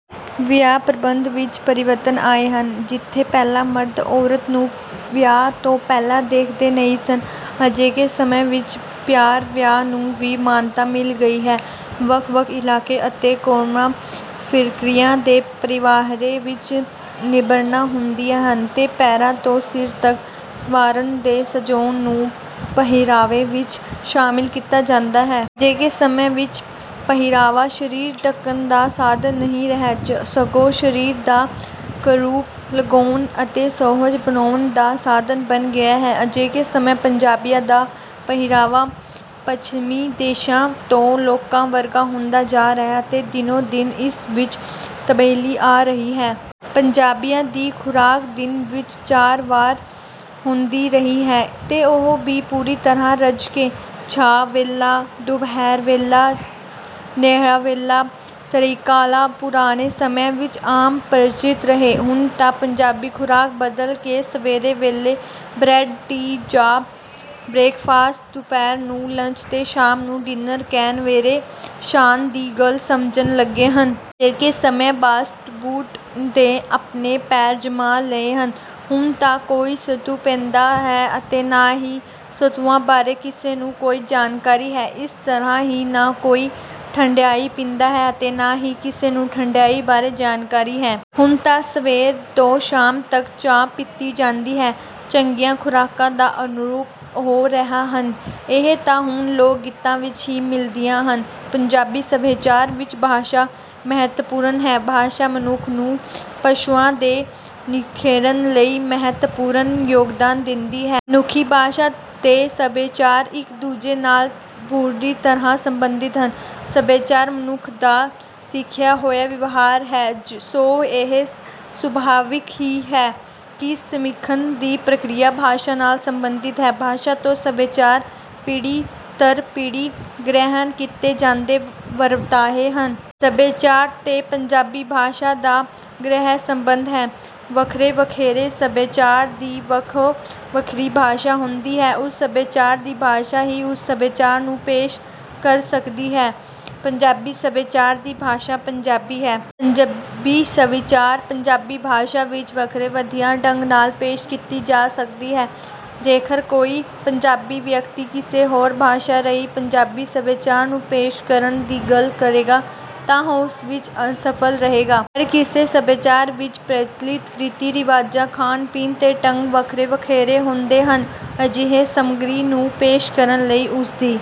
ਵਿਆਹ ਪ੍ਰਬੰਧ ਵਿੱਚ ਪਰਿਵਰਤਨ ਆਏ ਹਨ। ਜਿੱਥੇ ਪਹਿਲਾਂ ਮਰਦ ਔਰਤ ਨੂੰ ਵਿਆਹ ਤੋਂ ਪਹਿਲਾਂ ਦੇਖਦੇ ਨਹੀਂ ਸਨ, ਅਜੋਕੇ ਸਮੇਂ ਵਿੱਚ ਪਿਆਰ-ਵਿਆਹ ਨੂੰ ਵੀ ਮਾਨਤਾ ਮਿਲ ਗਈ ਹੈ। ਵੱਖ-ਵੱਖ ਇਲਾਕੇ ਅਤੇ ਕੌਮਾਂ-ਫਿਰਕਿਆਂ ਦੇ ਪਹਿਰਾਵੇ ਵਿੱਚ ਭਿੰਨਤਾ ਹੁੰਦੀ ਹੈ, ਤੇ ਪੈਰਾਂ ਤੋਂ ਸਿਰ ਤੱਕ ਸੰਵਾਰਨ ਤੇ ਸਜਾਉਣ ਨੂੰ ਪਹਿਰਾਵੇ ਵਿੱਚ ਸ਼ਾਮਿਲ ਕੀਤਾ ਜਾਂਦਾ ਹੈ। ਅਜੋਕੇ ਸਮੇਂ ਵਿੱਚ ਪਹਿਰਾਵਾ ਸਰੀਰ ਢਕਣ ਦਾ ਸਾਧਨ ਨਹੀਂ ਰਿਹਾ, ਸਗੋਂ ਸਰੀਰ ਦਾ ਕੁਰੂਪ ਲੁਕਾਉਣ ਅਤੇ ਸੁਹਜ ਵਧਾਉਣ ਦਾ ਸਾਧਨ ਬਣ ਗਿਆ ਹੈ। ਅਜੋਕੇ ਸਮੇਂ ਪੰਜਾਬੀਆਂ ਦਾ ਪਹਿਰਾਵਾ ਪੱਛਮੀ ਦੇਸ਼ਾਂ ਦੇ ਲੋਕਾਂ ਵਰਗਾ ਹੁੰਦਾ ਜਾ ਰਿਹਾ ਹੈ, ਅਤੇ ਦਿਨੋਂ-ਦਿਨ ਇਸ ਵਿੱਚ ਤਬਦੀਲੀ ਆ ਰਹੀ ਹੈ। ਪੰਜਾਬੀਆਂ ਦੀ ਖੁਰਾਕ ਦਿਨ ਵਿੱਚ ਚਾਰ ਵਾਰ ਹੁੰਦੀ ਰਹੀ ਹੈ, ਤੇ ਉਹ ਵੀ ਪੂਰੀ ਤਰ੍ਹਾਂ ਰੱਜ ਕੇ। ਛਾਹ ਵੇਲਾ, ਦੁਪਹਿਰ ਵੇਲਾ, ਲੋਢਾ ਵੇਲਾ, ਤ੍ਰਿਕਾਲਾਂ ਪੁਰਾਣੇ ਸਮੇਂ ਵਿੱਚ ਆਮ ਪ੍ਰਚੱਲਿਤ ਰਹੇ। ਹੁਣ ਤਾਂ ਪੰਜਾਬੀ ਖੁਰਾਕ ਬਦਲ ਕੇ ਸਵੇਰ ਵੇਲੇ ਬਰੈੱਡ-ਟੀ ਜਾਂ ਬਰੇਕਫਾਸਟ, ਦੁਪਹਿਰ ਨੂੰ ਲੰਚ ਤੇ ਸ਼ਾਮ ਨੂੰ ਡਿੱਨਰ ਕਹਿਣਾ ਵਧੇਰੇ ਸ਼ਾਨ ਦੀ ਗੱਲ ਸਮਝਣ ਲੱਗੇ ਹਨ। ਅਜੋਕੇ ਸਮੇਂ ਫਾਸਟ ਫੂਡ ਨੇ ਆਪਣੇ ਪੈਰ ਜਮਾ ਲਏ ਹਨ। ਹੁਣ ਨਾ ਕੋਈ ਸੱਤੂ ਪੀਂਦਾ ਹੈ ਅਤੇ ਨਾ ਹੀ ਸੱਤੂਆਂ ਬਾਰੇ ਕਿਸੇ ਨੂੰ ਕੋਈ ਜਾਣਕਾਰੀ ਹੈ। ਇਸ ਤਰ੍ਹਾਂ ਹੀ ਨਾ ਕੋਈ ਠੰਢਿਆਈ ਪੀਂਦਾ ਹੈ ਅਤੇ ਨਾ ਹੀ ਕਿਸੇ ਨੂੰ ਠੰਢਿਆਈ ਬਾਰੇ ਜਾਣਕਾਰੀ ਹੈ। ਹੁਣ ਤਾਂ ਸਵੇਰ ਤੋਂ ਸ਼ਾਮ ਤੱਕ ਚਾਹ ਪੀਤੀ ਜਾਂਦੀ ਹੈ। ਚੰਗੀਆਂ ਖੁਰਾਕਾਂ ਤਾਂ ਅਲੋਪ ਹੋ ਰਹੀਆਂ ਹਨ, ਇਹ ਤਾਂ ਹੁਣ ਲੋਕ-ਗੀਤਾਂ ਵਿੱਚ ਹੀ ਮਿਲਦੀਆਂ ਹਨ। ਪੰਜਾਬੀ ਸਭਿਆਚਾਰ ਵਿੱਚ ਭਾਸ਼ਾ ਮਹੱਤਵਪੂਰਨ ਹੈ। ਭਾਸ਼ਾ ਮਨੁੱਖ ਨੂੰ ਪਸ਼ੂਆਂ ਤੋਂ ਨਿਖੇੜਨ ਲਈ ਮਹੱਤਵਪੂਰਨ ਯੋਗਦਾਨ ਦਿੰਦੀ ਹੈ। ਮਨੁੱਖੀ ਭਾਸ਼ਾ ਤੇ ਸਭਿਆਚਾਰ ਇੱਕ-ਦੂਜੇ ਨਾਲ ਡੂੰਘੀ ਤਰ੍ਹਾਂ ਸੰਬੰਧਿਤ ਹਨ। ਸਭਿਆਚਾਰ ਮਨੁੱਖ ਦਾ ਸਿੱਖਿਆ ਹੋਇਆ ਵਿਵਹਾਰ ਹੈ, ਸੋ ਇਹ ਸੁਭਾਵਿਕ ਹੀ ਹੈ ਕਿ ਸਿੱਖਣ ਦੀ ਪ੍ਰਕਿਰਿਆ ਭਾਸ਼ਾ ਨਾਲ ਸੰਬੰਧਿਤ ਹੈ। ਭਾਸ਼ਾ ਤੇ ਸਭਿਆਚਾਰ ਪੀੜ੍ਹੀ ਦਰ ਪੀੜ੍ਹੀ ਗ੍ਰਹਿਣ ਕੀਤੇ ਜਾਂਦੇ ਵਰਤਾਰੇ ਹਨ। ਸਭਿਆਚਾਰ ਤੇ ਪੰਜਾਬੀ ਭਾਸ਼ਾ ਦਾ ਗਹਿਰਾ ਸੰਬੰਧ ਹੈ। ਵੱਖੋ-ਵੱਖਰੇ ਸਭਿਆਚਾਰ ਦੀ ਵੱਖੋ-ਵੱਖਰੀ ਭਾਸ਼ਾ ਹੁੰਦੀ ਹੈ। ਉਸ ਸਭਿਆਚਾਰ ਦੀ ਭਾਸ਼ਾ ਹੀ ਉਸ ਸਭਿਆਚਾਰ ਨੂੰ ਪੇਸ਼ ਕਰ ਸਕਦੀ ਹੈ। ਪੰਜਾਬੀ ਸਭਿਆਚਾਰ ਦੀ ਭਾਸ਼ਾ ਪੰਜਾਬੀ ਹੈ। ਪੰਜਾਬੀ ਸਭਿਆਚਾਰ ਪੰਜਾਬੀ ਭਾਸ਼ਾ ਵਿੱਚ ਵਧੇਰੇ ਵਧੀਆ ਢੰਗ ਨਾਲ ਪੇਸ਼ ਕੀਤਾ ਜਾ ਸਕਦਾ ਹੈ। ਜੇਕਰ ਕੋਈ ਪੰਜਾਬੀ ਵਿਅਕਤੀ ਕਿਸੇ ਹੋਰ ਭਾਸ਼ਾ ਰਾਹੀਂ ਪੰਜਾਬੀ ਸਭਿਆਚਾਰ ਨੂੰ ਪੇਸ਼ ਕਰਨ ਦੀ ਗੱਲ ਕਰੇਗਾ, ਤਾਂ ਉਹ ਉਸ ਵਿੱਚ ਅਸਫਲ ਰਹੇਗਾ। ਹਰ ਕਿਸੇ ਸਭਿਆਚਾਰ ਵਿੱਚ ਪ੍ਰਚਲਿਤ ਰੀਤੀ-ਰਿਵਾਜਾਂ, ਖਾਣ-ਪੀਣ ਦੇ ਢੰਗ ਵੱਖੋ-ਵੱਖਰੇ ਹੁੰਦੇ ਹਨ। ਅਜਿਹੀ ਸਮੱਗਰੀ ਨੂੰ ਪੇਸ਼ ਕਰਨ ਲਈ ਉਸ ਦੀ